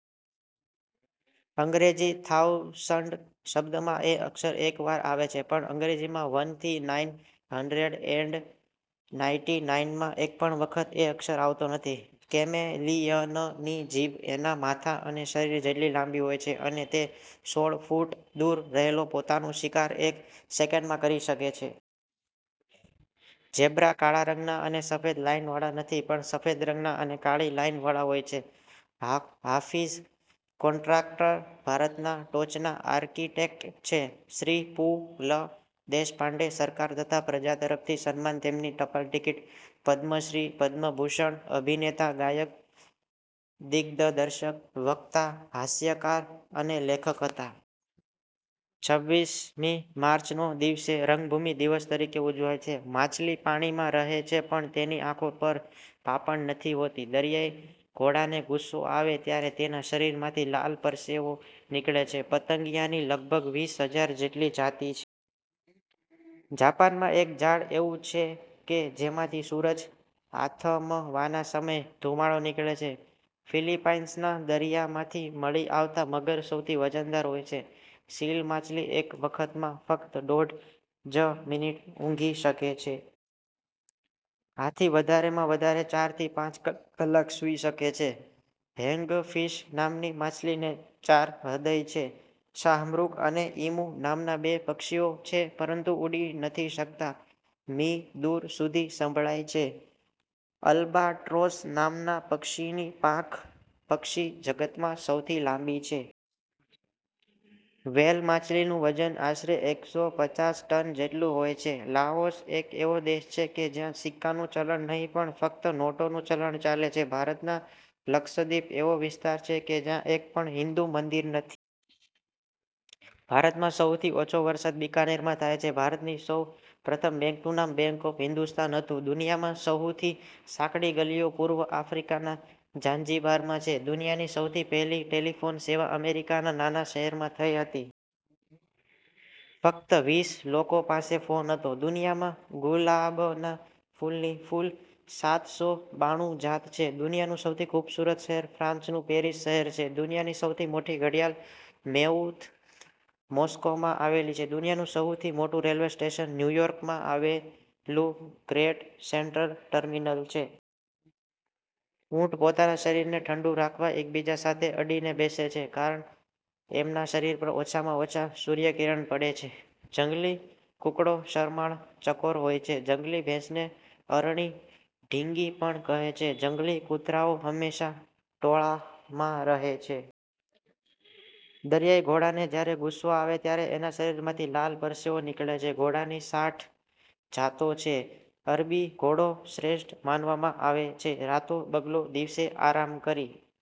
અંગ્રેજી થાઉસંડ શબ્દમાં એ અક્ષર એક વાર આવે છે, પણ અંગ્રેજીમાં વનથી નાઈન હડ્રેડ એંડ નાઈટી નાઈનમાં એકપણ વખત એ અક્ષર આવતો નથી. કેમેલિયનની જીભ એના માથા અને શરીર જેટલી લાંબી હોય છે અને તે સોળ ફૂટ દૂર રહેલો પોતાનો શિકાર એક સેકંડમાં કરી શકે છે. ઝેબ્રા કાળા રંગના અને સફેદ લાઈનવાળા નથી પણ સફેદ રંગના અને કાળી લાઈનવાળા હોય છે. હાફીઝ કૉટ્રાક્ટર ભારતનાં ટોચના આર્કિટેક્ટ છે. શ્રી પુ. લ. દેશપાંડે સરકાર તથા પ્રજા તરફથી સન્માન-તેમની ટપાલ ટિકિટ-પદ્મશ્રી- પદ્મભૂષણ- અભિનેતા – ગાયક – દિગ્દર્શક – વક્તા – હાસ્યકાર અને લેખક હતા. છવ્વીસ મી માર્ચનો દિવસે 'રંગભૂમિ' દિવસ તરીકે ઉજવાય છે. માછલી પાણીમાં રહે છે પણ એની આંખો પર પાંપણ નથી હોતી. દરિયાઈ ઘોડાને ગુસ્સો આવે ત્યારે તેનાં શરીરમાંથી લાલ પરસવો નીકળે છે. પતંગિયાની લગભગ વીસ હજાર જેટલી જાતિ છે. જાપાનમાં એક ઝાડ એવું છે કે જેમાંથી સૂરજ આથમવાના સમયે ધુમાડો નીકળે છે. ફિલિપાઈંસના દરિયામાંથી મળી આવતા મગર સૌથી વજનદાર હોય છે. સીલ માછલી એક વખતમાં ફક્ત દોઢ જ મિનિટ ઊંઘી શકે છે. હાથી વધારેમાં વધારે ચારથી પાંચ કલાક સૂઈ શકે છે. હેંગફિશ નામની માછલીને ચાર હૃદય છે. શાહમૃગ અને ઈમુ નામના બે પક્ષીઓ છે પરંતુ ઉડી નથી શકતા. મી. દૂર સુધી સંભળાય છે. અલ્બાટ્રોર્સ નામના પક્ષીની પાંખ પક્ષી જગતમાં સૌથી લાંબી છે. વ્હેલ માછલીનું વજન આશરે એકસો પચાસ ટન જેટલું હોય છે. લાઓસ એક એવો દેશ છે કે જ્યાં સિક્કાનું ચલણ નહિ પણ ફક્ત નોટોનું ચલણ ચાલે છે. ભારતના લક્ષદ્વિપ એવો વિસ્તાર છે કે જ્યાં એક પણ હિન્દુ મંદિર નથી. ભારતમાં સહુથી ઓછો વરસાદ બિકાનેરમાં થાય છે. ભારતની સૌ પ્રથમ બેંકનું નામ 'બેંક ઓફ હિન્દુસ્તાન' હતું! દુનિયામાં સહુથી સાંકડી ગલીઓ પૂર્વ આફ્રિકાના ઝાંઝીબારમાં છે! દુનિયાની સૌથી પહેલી ટેલિફોન સેવા અમેરિકાના નાના શહેરમાં થઈ હતી. ફક્ત વીસ લોકો પાસે ફોન હતો. દુનિયામાં ગુલાબના ફૂલની કુલ સાતસો બાણું જાત છે. દુનિયાનું સૌથી ખૂબસૂરત શહેર ફ્રાંસનું પેરિસ શહેર છે. દુનિયાની સૌથી મોટી ઘડિયાળ મેઉથ મૉસ્કોમાં આવેલી છે. દુનિયાનું સહુથી મોટું રેલ્વે સ્ટેશન ન્યુયોર્કમાં આવેલું 'ગ્રેટ સેંટ્રલ ટર્મિનલ' છે. ઊંટ પોતાના શરીરને ઠંડુ રાખવા એકબીજા સાથે અડીને બેસે છે કારણ એમનાં શરીર પર ઓછામાં ઓછા સૂર્યકિરણ પડે છે. જંગલી કૂકડો શરમાળ, ચકોર હોય છે. જંગલી ભેંસને અરણી, ઢીંગી પણ કહે છે. જંગલી કૂતરાઓ હંમેશા ટોળામાં રહે છે. દરિયાઈ ઘોડાને જ્યારે ગુસ્સો આવે ત્યારે એનાં શરીરમાંથી લાલ પરસેવો નીકળે છે. ઘોડાની સાઠ જાતો છે. અરબી ઘોડો શ્રેષ્ઠ માનવામાં આવે છે. રાતો બગલો દિવસે આરામ કરી